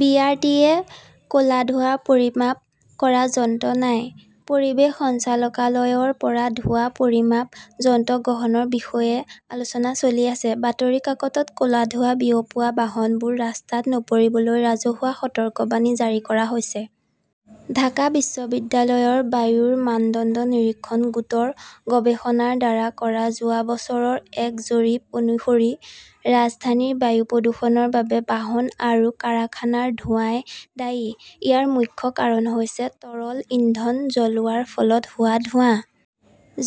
B. R. T. A. -ৰ ক'লা ধোঁৱা পৰিমাপ কৰা যন্ত্ৰ নাই। পৰিৱেশ সঞ্চালকালয়ৰ পৰা ধোঁৱা পৰিমাপ যন্ত্ৰ গ্ৰহণৰ বিষয়ে আলোচনা চলি আছে। বাতৰি কাকতত ক'লা ধোঁৱা বিয়পোৱা বাহনবোৰ ৰাস্তাত নপৰিবলৈ ৰাজহুৱা সতৰ্কবাণী জাৰি কৰা হৈছে। ঢাকা বিশ্ববিদ্যালয়ৰ বায়ুৰ মানদণ্ড নিৰীক্ষণ গোটৰ গৱেষণাৰ দ্বাৰা কৰা যোৱা বছৰৰ এক জৰীপ অনুসৰি, ৰাজধানীৰ বায়ু প্ৰদূষণৰ বাবে বাহন আৰু কাৰখানাৰ ধোঁৱাই দায়ী। ইয়াৰ মুখ্য কাৰণ হৈছে তৰল ইন্ধন জ্বলোৱাৰ ফলত হোৱা ধোঁৱা।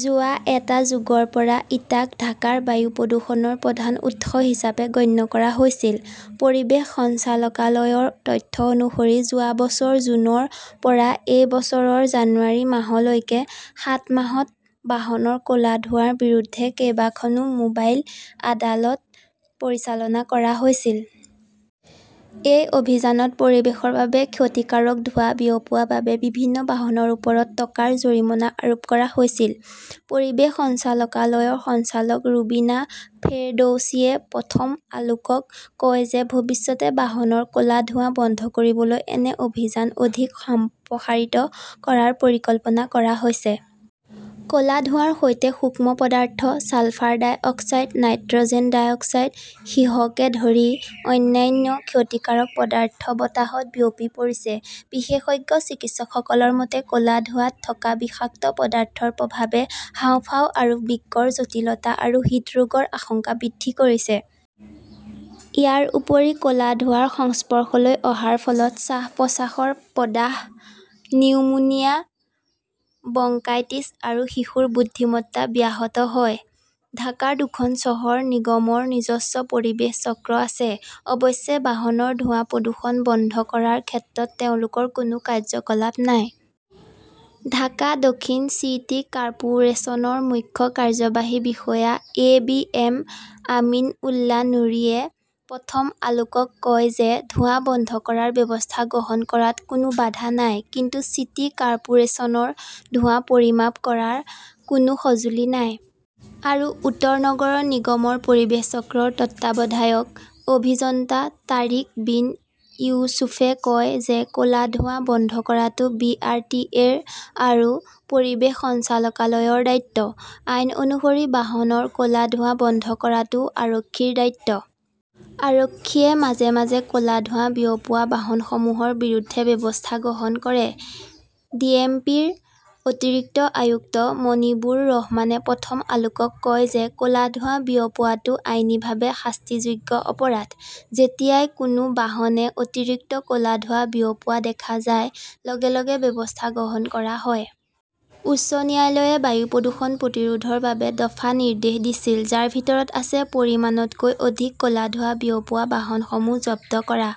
যোৱা এটা যুগৰ পৰা ইটাক ঢাকাৰ বায়ু প্ৰদূষণৰ প্ৰধান উৎস হিচাপে গণ্য কৰা হৈছিল। পৰিৱেশ সঞ্চালকালয়ৰ তথ্য অনুসৰি, যোৱা বছৰ জুনৰ পৰা এই বছৰৰ জানুৱাৰী মাহলৈকে সাত মাহত বাহনৰ ক'লা ধোঁৱাৰ বিৰুদ্ধে কেইবাখনো মোবাইল আদালত পৰিচালনা কৰা হৈছিল। এই অভিযানত পৰিৱেশৰ বাবে ক্ষতিকাৰক ধোঁৱা বিয়পোৱাৰ বাবে বিভিন্ন বাহনৰ ওপৰত টকাৰ জৰিমনা আৰোপ কৰা হৈছিল। পৰিৱেশ সঞ্চালকালয়ৰ সঞ্চালক ৰুবিনা ফেৰদৌছিয়ে প্ৰথম আলোকক কয় যে ভৱিষ্যতে বাহনৰ ক'লা ধোঁৱা বন্ধ কৰিবলৈ এনে অভিযান অধিক সম্প্ৰসাৰিত কৰাৰ পৰিকল্পনা কৰা হৈছে। ক'লা ধোঁৱাৰ সৈতে সূক্ষ্ম পদাৰ্থ, sulphur dioxide, nitrogen dioxide, সীহকে ধৰি অন্যান্য ক্ষতিকাৰক পদাৰ্থ বতাহত বিয়পি পৰিছে। বিশেষজ্ঞ চিকিৎসকসকলৰ মতে, ক'লা ধোঁৱাত থকা বিষাক্ত পদাৰ্থৰ প্ৰভাৱে হাঁওফাঁও আৰু বৃক্কৰ জটিলতা আৰু হৃদৰোগৰ আশংকা বৃদ্ধি কৰিছে। ইয়াৰ উপৰি, ক'লা ধোঁৱাৰ সংস্পৰ্শলৈ অহাৰ ফলত শ্বাস-প্ৰশ্বাসৰ প্ৰদাহ, নিউমোনিয়া, ব্ৰংকাইটিছ আৰু শিশুৰ বুদ্ধিমত্তা ব্যাহত হয়। ঢাকাৰ দুখন চহৰ নিগমৰ নিজস্ব পৰিৱেশ চক্ৰ আছে। অৱশ্যে, বাহনৰ ধোঁৱা প্ৰদূষণ বন্ধ কৰাৰ ক্ষেত্ৰত তেওঁলোকৰ কোনো কাৰ্যকলাপ নাই। ঢাকা দক্ষিণ চিটি কৰ্পোৰেচনৰ মুখ্য কাৰ্যবাহী বিষয়া A. B. M. Amin Ullah নুৰীয়ে প্ৰথম আলোকক কয় যে, "ধোঁৱা বন্ধ কৰাৰ ব্যৱস্থা গ্ৰহণ কৰাত কোনো বাধা নাই। কিন্তু চিটি কৰ্পোৰেচনৰ ধোঁৱা পৰিমাপ কৰাৰ কোনো সঁজুলি নাই।" আৰু উত্তৰ নগৰ নিগমৰ পৰিৱেশ চক্ৰৰ তত্ত্বাৱধায়ক অভিযন্তা তাৰিক বিন ইউছুফে কয় যে, "ক'লা ধোঁৱা বন্ধ কৰাটো বি. আৰ. টি. এ. আৰু পৰিৱেশ সঞ্চালকালয়ৰ দায়িত্ব। আইন অনুসৰি, বাহনৰ ক'লা ধোঁৱা বন্ধ কৰাটোও আৰক্ষীৰ দায়িত্ব। আৰক্ষীয়ে মাজে মাজে ক'লা ধোঁৱা বিয়পোৱা বাহনসমূহৰ বিৰুদ্ধে ব্যৱস্থা গ্ৰহণ কৰে।" ডিএমপিৰ অতিৰিক্ত আয়ুক্ত মনিবুৰ ৰহমানে প্ৰথম আলোকক কয় যে, "ক'লা ধোঁৱা বিয়পোৱাটো আইনীভাৱে শাস্তিযোগ্য অপৰাধ। যেতিয়াই কোনো বাহনে অতিৰিক্ত ক'লা ধোঁৱা বিয়পোৱা দেখা যায়, লগে লগে ব্যৱস্থা গ্ৰহণ কৰা হয়।" উচ্চ ন্যায়ালয়ে বায়ু প্ৰদূষণ প্ৰতিৰোধৰ বাবে দফা নিৰ্দেশ দিছিল, যাৰ ভিতৰত আছে পৰিমাণতকৈ অধিক ক'লা ধোঁৱা বিয়পোৱা বাহনসমূহ জব্দ কৰা।